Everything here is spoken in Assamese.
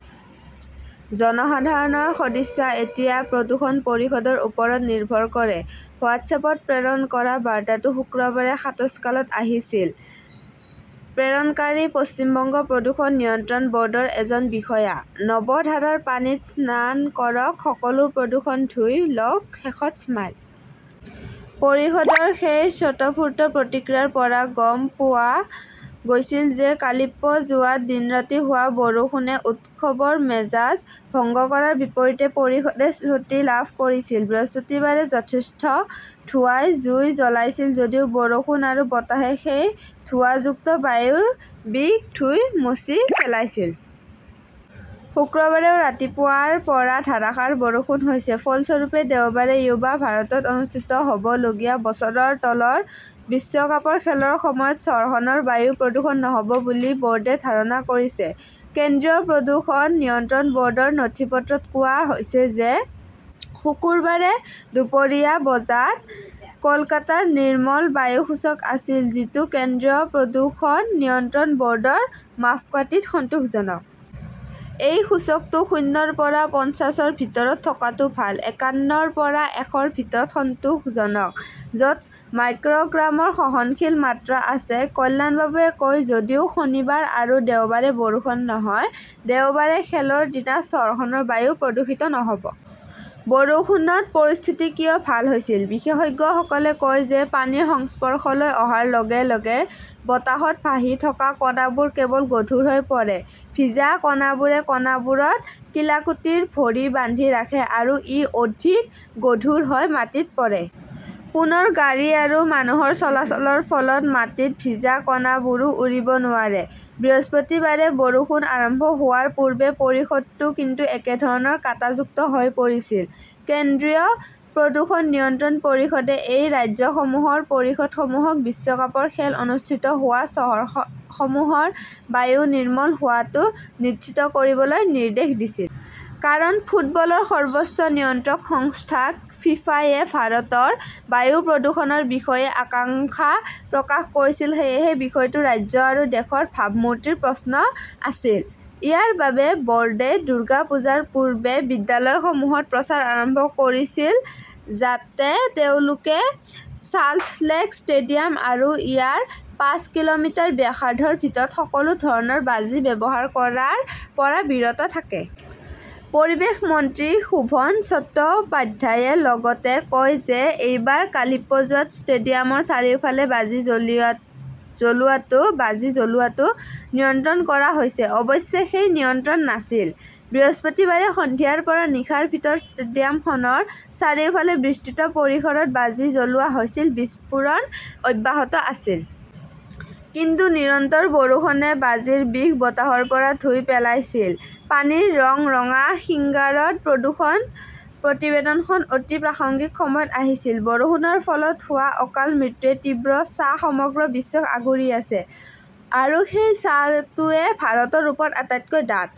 জনসাধাৰণৰ সদিচ্ছা এতিয়া প্ৰদূষণ পৰিষদৰ ওপৰত নিৰ্ভৰ কৰে হোৱাটছএপত প্ৰেৰণ কৰা বাৰ্তাটো শুক্ৰবাৰে সাতস্কালত আহিছিল। প্ৰেৰণকাৰী পশ্চিম বংগ প্ৰদূষণ নিয়ন্ত্ৰণ বৰ্ডৰ এজন বিষয়া। 'নৱধাৰাৰ পানীত স্নান কৰক। সকলো প্ৰদূষণ ধুই লওঁক। 'শেষত স্মাইলি। পৰিষদৰ সেই স্বতঃস্ফূৰ্ত প্ৰতিক্ৰিয়াৰ পৰা গম পোৱা গৈছিল যে কালিপ্পুজোৱাত দিন-ৰাতি হোৱা বৰষুণে উৎসৱৰ মেজাজ ভংগ কৰাৰ বিপৰীতে পৰিষদে স্বস্তি লাভ কৰিছিল। বৃহস্পতিবাৰে যথেষ্ট ধোঁৱাই জুই জ্বলাইছিল যদিও বৰষুণ আৰু বতাহে সেই ধোঁৱাযুক্ত বায়ুৰ বিষ ধুই মচি পেলাইছিল। শুক্ৰবাৰেও ৰাতিপুৱাৰ পৰা ধাৰাসাৰ বৰষুণ হৈছে। ফলস্বৰূপে, দেওবাৰে য়ুবা ভাৰতত অনুষ্ঠিত হবলগীয়া বছৰৰ তলৰ বিশ্বকাপৰ খেলৰ সময়ত চহৰখনৰ বায়ু প্ৰদূষণ নহব বুলি বোৰ্ডে ধাৰণা কৰিছে। কেন্দ্ৰীয় প্ৰদূষণ নিয়ন্ত্ৰণ বৰ্ডৰ নথিপত্ৰত কোৱা হৈছে যে শুকুৰবাৰে দুপৰীয়া বজাত কলকাতাৰ 'নিৰ্মল বায়ু সূচক আছিল, যিটো কেন্দ্ৰীয় প্ৰদূষণ নিয়ন্ত্ৰণ বৰ্ডৰ মাপকাঠীত' সন্তোষজনক। সেই সূচকটো শূন্য ৰ পৰা পঞ্চাশ ৰ ভিতৰত থকাটো ভাল, একান্ন ৰ পৰা এশ ৰ ভিতৰত সন্তোষজনক। য 'ত মাইক্ৰ' গ্ৰামৰ সহনশীল মাত্ৰা আছে। কল্যাণবাবুৱে কয়, যদিও শনিবাৰ আৰু দেওবাৰে বৰষুণ নহয়, দেওবাৰে খেলৰ দিনা চহৰখনৰ বায়ু প্ৰদূষিত নহব। বৰষুণত পৰিস্থিতি কিয় ভাল হৈছিল? বিশেষজ্ঞসকলে কয় যে পানীৰ সংস্পৰ্শলৈ অহাৰ লগে-লগে বতাহত ভাহি থকা কণাবোৰ কেৱল গধুৰ হৈ পৰে। ভিজা কণাবোৰে কণাবোৰত কিলাকুটিৰ ভৰি বান্ধি ৰাখে আৰু ই অধিক গধুৰ হৈ মাটিত পৰে। পুনৰ গাড়ী আৰু মানুহৰ চলাচলৰ ফলত মাটিত ভিজা কণাবোৰো উৰিব নোৱাৰে। বৃহস্পতিবাৰে বৰষুণ আৰম্ভ হোৱাৰ পূৰ্বে পৰিষদটো কিন্তু একেধৰণৰ 'কাঁটাযুক্ত হৈ পৰিছিল। কেন্দ্ৰীয় প্ৰদূষণ নিয়ন্ত্ৰণ পৰিষদে সেই ৰাজ্যসমূহৰ পৰিষদসমূহক বিশ্বকাপৰ খেল অনুষ্ঠিত হোৱা চহৰসমূহৰ বায়ু নিৰ্মল হোৱাটো নিশ্চিত কৰিবলৈ নিৰ্দেশ দিছিল। কাৰণ, ফুটবলৰ সৰ্বোচ্চ নিয়ন্ত্ৰক সংস্থা ফিফা-য়ে ভাৰতৰ বায়ু প্ৰদূষণৰ বিষয়ে আশংকা প্ৰকাশ কৰিছিল। সেয়েহে, বিষয়টো ৰাজ্য আৰু দেশৰ ভাবমূৰ্তিৰ প্ৰশ্ন আছিল। ইয়াৰ বাবে, বৰ্ডে দুৰ্গা পূজাৰ পূৰ্বে বিদ্যালয়সমূহত প্ৰচাৰ আৰম্ভ কৰিছিল যাতে তেওঁলোকে চাল্টলেক ষ্টেডিয়াম আৰু ইয়াৰ পাঁচ কিলোমিটাৰ ব্যাসাৰ্ধৰ ভিতৰত সকলো ধৰণৰ বাজি ব্যৱহাৰ কৰাৰ পৰা বিৰত থাকে। পৰিৱেশ মন্ত্ৰী শোভন চট্টোপাধ্যায়ে লগতে কয় যে এইবাৰ কালিপ্পুজোৱাত ষ্টেডিয়ামৰ চাৰিওফালে বাজি জ্বলোৱাটো নিয়ন্ত্ৰণ কৰা হৈছে। অৱশ্যে সেই নিয়ন্ত্ৰণ নাছিল। বৃহস্পতিবাৰে সন্ধিয়াৰ পৰা নিশাৰ ভিতৰত ষ্টেডিয়ামখনৰ চাৰিওফালে বিস্তৃত পৰিসৰত বাজি জ্বলোৱা হৈছিল, বিস্ফোৰণ অব্যাহত আছিল। কিন্তু নিৰন্তৰ বৰষুণে বাজিৰ বিষ বতাহৰ পৰা ধুই পেলাইছিল। পানীৰ ৰং ৰঙা, সিংগাৰত প্ৰদূষণ প্ৰতিবেদনখন অতি প্ৰাসংগিক সময়ত আহিছিল। প্ৰদূষণৰ ফলত হোৱা অকাল মৃত্যুৰ তীব্ৰ ছাঁ সমগ্ৰ বিশ্বক আগুৰি আছে, আৰু সেই ছাঁটোৱে ভাৰতৰ ওপৰত আটাইতকৈ ডাঠ।